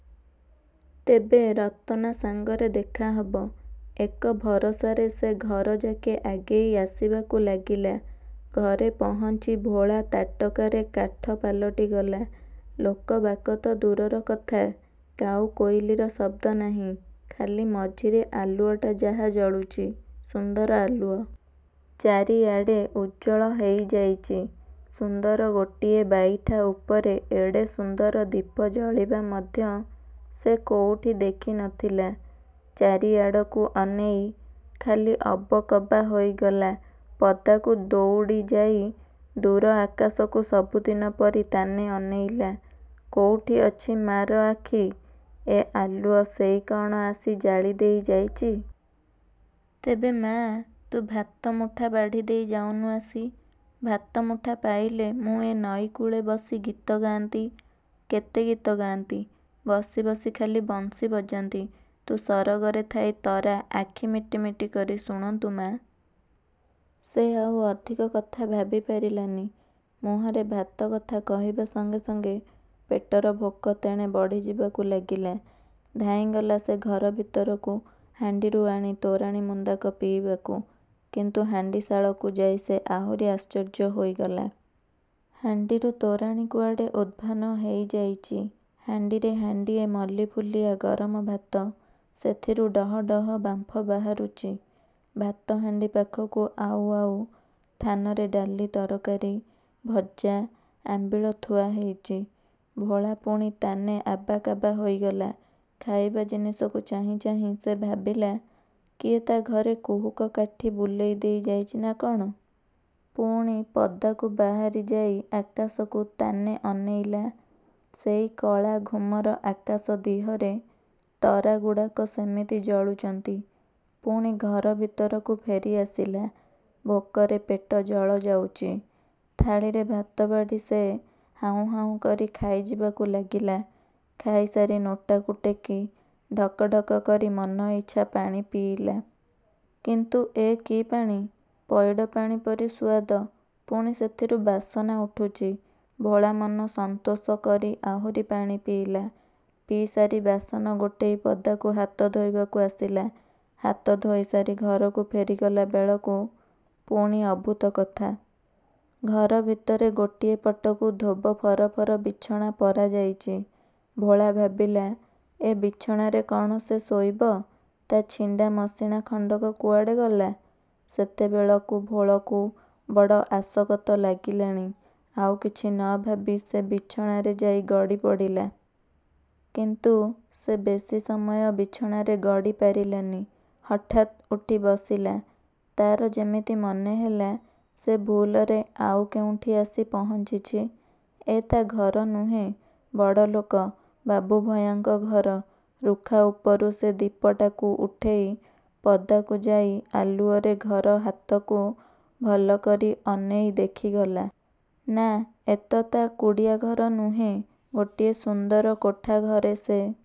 ତେବେ ରତନା ସାଙ୍ଗରେ ଦେଖାହବ, ଏକ ଭରସାରେ ସେ ଘରଯାକେ ଆଗେଇ ଆସିବାକୁ ଲାଗିଲା। ଘରେ ପହଞ୍ଚି ଭୋଳା ତାଟକାରେ କାଠ ପାଲଟିଗଲା। ଲୋକ ବାକ ତ ଦୂରର କଥା, କାଉ କୋଇଲିର ଶବ୍ଦ ନାହିଁ। ଖାଲି ମଝିରେ ଆଲୁଅଟା ଯାହା ଜଳୁଚି। ସୁନ୍ଦର ଆଲୁଅ। ଚାରିଆଡ଼େ ଉଜ୍ଜ୍ଵଳ ହେଇଯାଇଚି। ସୁନ୍ଦର ଗୋଟିଏ ବାଇଠା ଉପରେ ଏଡ଼େ ସୁନ୍ଦର ଦୀପ ଜଳିବା ମଧ୍ୟ ସେ କୋଉଠି ଦେଖି ନଥିଲା। ଚାରିଆଡ଼କୁ ଅନେଇ ଖାଲି ଅବକବା ହୋଇଗଲା ପଦାକୁ ଦୋଉଡ଼ି ଯାଇ ଦୂର ଆକାଶକୁ ସବୁଦିନ ପରି ତାନେ ଅନେଇଲା। କୋଉଠି ଅଛି ମାର ଆଖି, ଏ ଆଲୁଅ ସେଇ କଣ ଆସି ଜାଳିଦେଇ ଯାଇଚି। ତେବେ ମା, ତୁ ଭାତ ମୁଠା ବାଢ଼ି ଦେଇ ଯାଉନୁ ଆସି। ଭାତ ମୁଠା ପାଇଲେ ମୁଁ ଏ ନଈ କୂଳେ ବସି ଗୀତ ଗାଆନ୍ତି, କେତେ ଗୀତ ଗାଆନ୍ତି-ବସି ବସି ଖାଲି ବଂଶୀ ବଜାନ୍ତି। ତୁ ସରଗରେ ଥାଇ ତରା ଆଖି ମିଟିମିଟି କରି ଶୁଣନ୍ତୁ ମା! ସେ ଆଉ ଅଧିକ କଥା ଭାବି ପାରିଲାନି। ମୁହଁରେ ଭାତ କଥା କହିବା ସଙ୍ଗେ ସଙ୍ଗେ ପେଟର ଭୋକ ତେଣେ ବଢ଼ିଯିବାକୁ ଲାଗିଲା। ଧାଇଁଗଲା ସେ ଘର ଭିତରକୁ ହାଣ୍ଡିରୁ ଆଣି ତୋରାଣି ମୁନ୍ଦାକ ପିଇବାକୁ; କିନ୍ତୁ ହାଣ୍ଡିଶାଳକୁ ଯାଇ ସେ ଆହୁରି ଆଶ୍ଚର୍ଯ୍ୟ ହୋଇଗଲା। ହାଣ୍ଡିରୁ ତୋରାଣି କୁଆଡ଼େ ଉଦ୍ଭାନ ହେଇ ଯାଇଚି। ହାଣ୍ଡିରେ ହାଣ୍ଡିଏ ମଲ୍ଲିଫୁଲିଆ ଗରମ ଭାତ। ସେଥିରୁ ଡହ ଡହ ବାମ୍ଫ ବାହାରୁଚି। ଭାତହାଣ୍ଡି ପାଖକୁ ଆଉ ଆଉ ଥାନରେ ଡାଲି ତରକାରୀ, ଭଜା, ଆମ୍ବିଳ ଥୁଆହେଇଚି। ଭୋଳା ପୁଣି ତାନେ ଆବାକାବା ହୋଇଗଲା। ଖାଇବା ଜିନିଷକୁ ଚାହିଁ ଚାହିଁ ସେ ଭାବିଲା, କିଏ ତା ଘରେ କୁହୁକ କାଠି ବୁଲେଇ ଦେଇ ଯାଇଚି ନା କଣ। ପୁଣି ପଦାକୁ ବାହାରି ଯାଇ ଆକାଶକୁ ତାନେ ଅନେଇଲା। ସେଇ କଳାଘୁମର ଆକାଶ ଦିହରେ ତରାଗୁଡ଼ାକ ସେମିତି ଜଳୁଚନ୍ତି। ପୁଣି ଘର ଭିତରକୁ ଫେରିଆସିଲା। ଭୋକରେ ପେଟ ଜଳ ଯାଉଚି। ଥାଳିରେ ଭାତ ବାଢ଼ି ସେ ହାଉଁ ହାଉଁ କରି ଖାଇଯିବାକୁ ଲାଗିଲା। ଖାଇ ସାରି ନୋଟାକୁ ଟେକି ଢକଢକ କରି ମନଇଚ୍ଛା ପାଣି ପିଇଲା। କିନ୍ତୁ ଏ କି ପାଣି! ପଇଡ଼ ପାଣି ପରି ସୁଆଦ ପୁଣି ସେଥିରୁ ବାସନା ଉଠୁଚି। ଭୋଳା ମନ ସନ୍ତୋଷ କରି ଆହୁରି ପାଣି ପିଇଲା। ପିଇ ସାରି ବାସନ ଗୋଟେଇ ପଦାକୁ ହାତ ଧୋଇବାକୁ ଆସିଲା। ହାତ ଧୋଇ ସାରି ଘରକୁ ଫେରିଗଲାବେଳକୁ ପୁଣି ଅଭୁତ କଥା। ଘର ଭିତରେ ଗୋଟିଏ ପଟକୁ ଧୋବ ଫରଫର ବିଛଣା ପରା ଯାଇଚି! ଭୋଳା ଭାବିଲା ଏ ବିଛଣାରେ କଣ ସେ ଶୋଇବ! ତା ଛିଣ୍ଡା ମସିଣା ଖଣ୍ଡକ କୁଆଡ଼େ ଗଲା? ସେତେବେଳକୁ ଭୋଳକୁ ବଡ଼ ଆସକତ ଲାଗିଲାଣି। ଆଉ କିଛି ନ ଭାବି ସେ ବିଛଣାରେ ଯାଇ ଗଡ଼ି ପଡ଼ିଲା। କିନ୍ତୁ ସେ ବେଶୀ ସମୟ ବିଛଣାରେ ଗଡ଼ି ପାରିଲାନି। ହଠାତ୍ ଉଠି ବସିଲା। ତାର ଯେମିତି ମନେହେଲା ସେ ଭୁଲରେ ଆଉ କେଉଁଠି ଆସି ପହଞ୍ଚିଛି। ଏ ତା ଘର ନୁହେଁ। ବଡ଼ଲୋକ, ବାବୁଭୟାଙ୍କ ଘର। ରୁଖା ଉପରୁ ସେ ଦୀପଟାକୁ ଉଠେଇ ପଦାକୁ ଯାଇ ଆଲୁଅରେ ଘର ହାତକୁ ଭଲକରି ଅନେଇ ଦେଖିଗଲା। ନା, ଏତ ତା କୁଡ଼ିଆ ଘର ନୁହେଁ। ଗୋଟିଏ ସୁନ୍ଦର କୋଠା ଘରେ ସେ